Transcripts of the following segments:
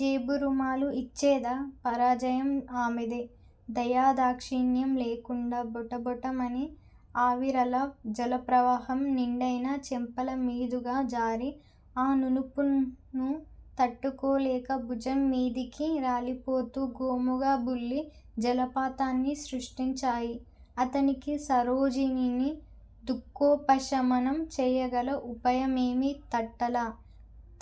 జేబురుమాలు ఇచ్చేదా? పరాజయం ఆమెదే. దయాదాక్షిణ్యం లేకుండా బొటబొటమని అవిరళ జలప్రవాహం నిండైన చెంపలమీదుగా జారి, ఆ నునుపూను తట్టుకోలేక భుజం మీదికి రాలిపోతూ గోముగా బుల్లి జలపాతాన్ని సృష్టించాయి. అతనికి సరోజినిని దుఃఖోపశమనం చేయగల ఉపాయమేమీ తట్టలా.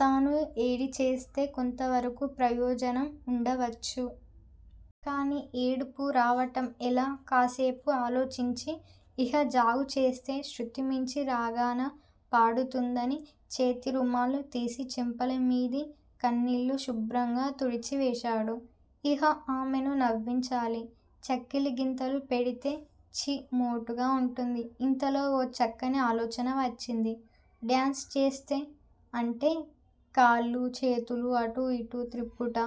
తనూ ఏడిచేస్తే కొంతవరకూ ప్రయోజనం ఉండవచ్చు. కానీ ఏడుపు రావటం ఎలా? కాసేపు ఆలోచించి ఇహ జాగుచేస్తే శృతిమించి రాగాన పడుతుందని చేతిరుమాలు తీసి చెంపలమీది కన్నీళ్ళు శుభ్రంగా తుడిచివేశాడు. ఇహ ఆమెను నవ్వించాలి. చక్కిలిగింతలు పెడితే ఛీ! మోటుగా వుంటుంది. ఇంతలో ఓ చక్కని ఆలోచన వచ్చింది. డ్యాన్స్ చేస్తే? అంటే కాళ్ళూ, చేతులూ అటూ యిటూ త్రిప్పుట,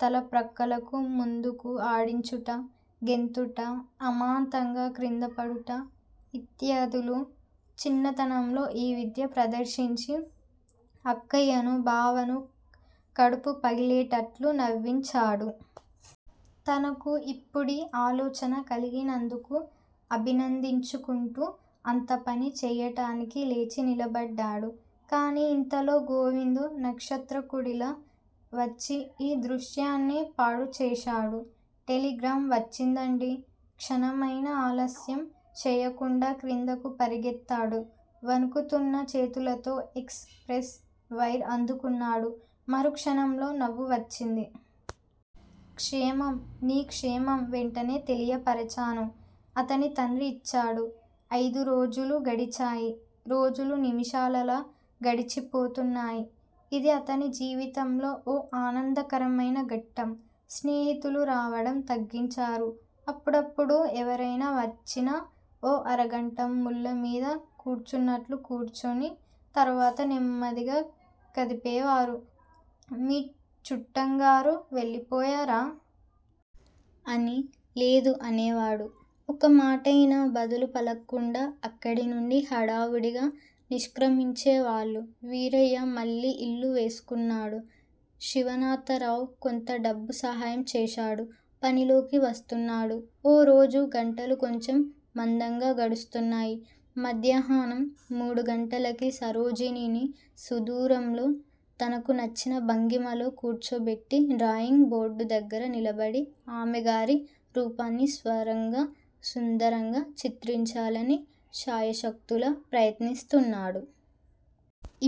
తల ప్రక్కలకూ, ముందుకూ ఆడించుట, గెంతుట, అమాంతంగా క్రిందపడుట, యిత్యాదులు, చిన్నతనంలో ఈ విద్య ప్రదర్శించి అక్కయ్యనూ, బావనూ కడుపు పగిలేటట్లు నవ్వించాడు. తనకు యిప్పుడీ ఆలోచన కలిగినందుకు అభినందించుకుంటూ అంత పనీ చేయటానికి లేచి నిలబడ్డాడు. కానీ యింతలో గోవిందు నక్షత్రకుడిలా వచ్చి యీ దృశ్యాన్ని పాడుచేశాడు. టెలిగ్రాం వచ్చిందండీ. క్షణమైనా ఆలస్యం చేయకుండా క్రిందకు పరిగెత్తాడు. వణుకుతూన్న చేతులతో ఎక్స్ ప్రెస్ వైర్ అందుకున్నాడు. మరుక్షణంలో నవ్వు వచ్చింది. క్షేమం నీ క్షేమం వెంటనే తెలియపరచు. అతని తండ్రి యిచ్చాడు. అయిదురోజులు గడిచాయి. రోజులు నిముషాలలా గడిచిపోతున్నాయి. ఇది అతని జీవితంలో ఓ ఆనందకరమైన ఘట్టం. స్నేహితులు రావడం తగ్గించారు. అప్పుడప్పుడూ ఎవరైనా వచ్చినా-ఓ అరగంట ముళ్ళమీద కూర్చున్నట్లు కూర్చుని తరువాత నెమ్మదిగా కదిపేవారు మీ చుట్టంగారు వెళ్ళిపోయారా? అని. లేదు అనేవాడు. ఒక్కమాటయినా బదులు పలక్కుండా అక్కడినుండి హడావుడిగా నిష్క్రమించేవాళ్ళు. వీరయ్య మళ్ళీ యిల్లు వేసుకున్నాడు. శివనాథరావు కొంత డబ్బు సహాయం చేశాడు. పనిలోకి వస్తున్నాడు. ఓరోజు గంటలు కొంచెం మందంగా గడుస్తున్నాయి. మధ్యాహ్నం మూడు గంటలకి సరోజినిని సుదూరంలో తనకు నచ్చిన భంగిమలో కూర్చోబెట్టీ డ్రాయింగ్ బోర్డుదగ్గర నిలబడి ఆమెగారి రూపాన్ని సర్వాంగ సుందరంగా చిత్రించాలని శాయశక్తులా ప్రయత్నిస్తున్నాడు.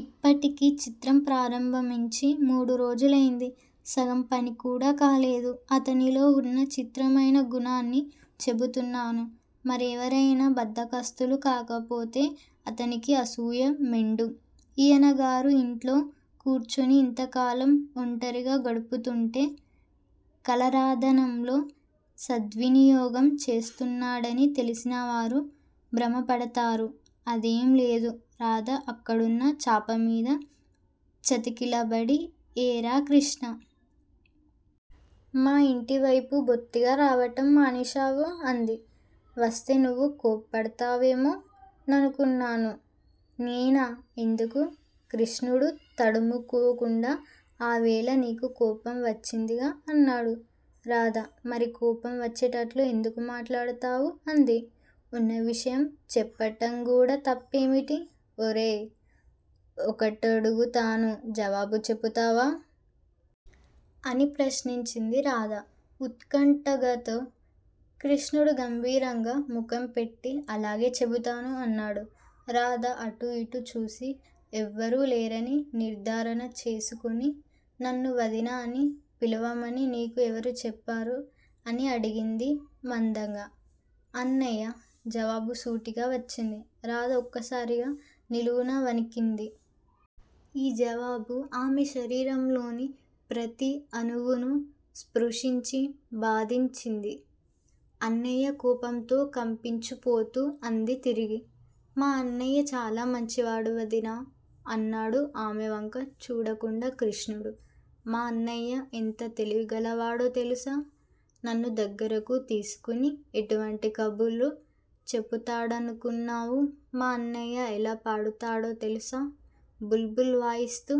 ఇప్పటికి చిత్రం ప్రారంభించి మూడురోజులైంది. సగం పనికూడా కాలేదు. అతనిలో వున్న చిత్రమైన గుణాన్ని చెబుతున్నాను. మరెవరైనా బద్దకస్తులు కాకపోతే అతనికి అసూయ మెండు. ఈయనగారు యింట్లో కూర్చుని యింతకాలం ఒంటరిగా గడుపుతూంటే కళారాధనంలో సద్వినియోగం చేస్తున్నాడని తెలిసినవారు భ్రమపడతారు. అదేం లేదు. రాధ అక్కడున్న చాపమీద చతికిలబడి ఏరా కృష్ణా! మా ఇంటివైపు బొత్తిగా రావటం మానేశావు అంది. వస్తే నువ్వు కోప్పడుతావేమో ననుకున్నాను. నేనా? ఎందుకు? కృష్ణుడు తడుముకోకుండా ఆవేళ నీకు కోపం వచ్చిందిగా అన్నాడు. రాధ మరి కోపం వచ్చేటట్లు ఎందుకు మాట్లాడతావు అంది. ఉన్న విషయం చెప్పటంగూడా తప్పేమిటి? ఒరేయి, ఒకటడుగుతాను జవాబు చెబుతావా? అని ప్రశ్నించింది రాధ ఉత్కంఠగతో. కృష్ణుడు గంభీరంగా ముఖంపెట్టి అలాగే చెబుతాను అన్నాడు. రాధ అటూ ఇటూ చూసి, ఎవ్వరూ లేరని నిర్ధారణ చేసుకుని నన్ను వదినా అని పిలవమని నీకు ఎవరు చెప్పారు? అని అడిగింది మందంగా. అన్నయ్య. జవాబు సూటిగా వచ్చింది. రాధ ఒక్కసారిగా నిలువునా వణికింది. ఈ జవాబు ఆమె శారీరంలోని ప్రతి అణువునూ స్పృశించి బాధించింది. అన్నయ్య కోపంతో కపించిపోతూ అంది తిరిగి. మా అన్నయ్య చాలా మంచివాడు వదినా అన్నాడు ఆమె వంక చూడకుండా కృష్ణుడు. మా అన్నయ్య ఎంత తెలివిగలవాడో తెలుసా? నన్ను దగ్గరకు తీసుకుని- ఎటువంటి కబుర్లు చెపుతాడనుకున్నావు? మా అన్నయ్య ఎలా పాడుతాడో తెలుసా? బుల్ బుల్ వాయిస్తూ